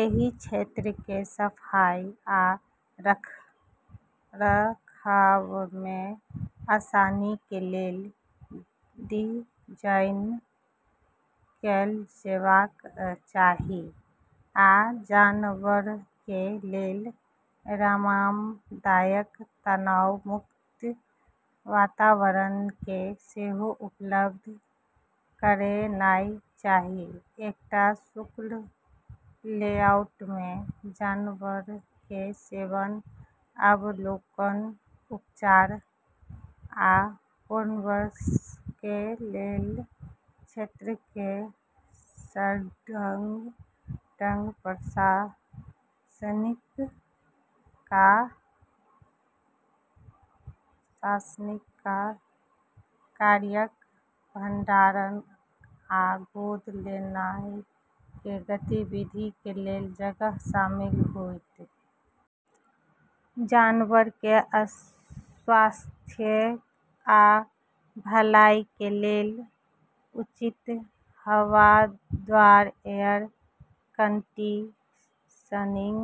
एहि क्षेत्रके सफाइ आ रखरखावमे आसानीके लेल डिजाइन कैल जेबाक चाही, आ जानवरके लेल आरामदायक, तनाव मुक्त वातावरणके सेहो उपलब्ध करेनाइ चाही। एकटा कुशल लेआउटमे जानवरके सेवन, अवलोकन, उपचार, आ पुनर्वासके लेल क्षेत्रके सङ्ग- सङ्ग प्रशासनिक कार्यक, भंडारण आ गोद लेनाइके गतिविधिके लेल जगह शामिल होइत। जानवरके स्वास्थ्य आ भलाइके लेल उचित हवादार, एयर कंडीशनिंग,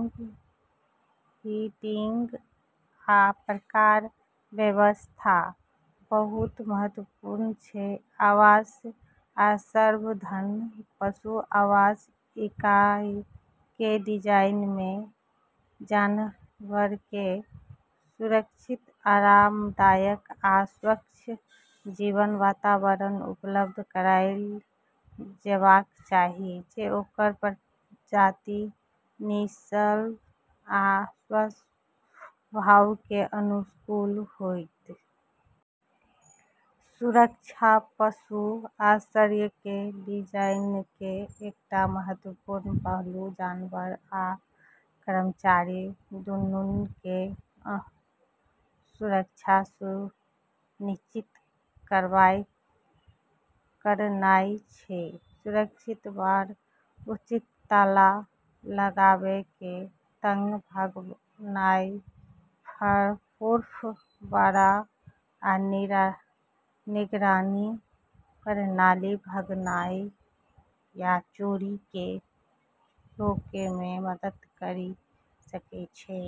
हीटिंग, आ प्रकाश व्यवस्था बहुत महत्वपूर्ण छै। आवास आ संवर्धन: पशु आवास इकाइके डिजाइनमे जानवरके सुरक्षित, आरामदायक आ स्वच्छ जीवन वातावरण उपलब्ध कराइल जेबाक चाही, जे ओकर प्रजाति, नस्ल आ स्वभावके अनुकूल होइत। सुरक्षा: पशु आश्रयके डिजाइनके एकटा महत्वपूर्ण पहलू जानवर आ कर्मचारी दुन्नूके सुरक्षा सुनिश्चित करनाइ छै। सुरक्षित बाड़, उचित ताला लगाबैके तंत्र, भागनाइ -प्रूफ बाड़ा, आ निगरानी प्रणाली भागनाइ या चोरीके रोकैमे मदद करि सकै छै।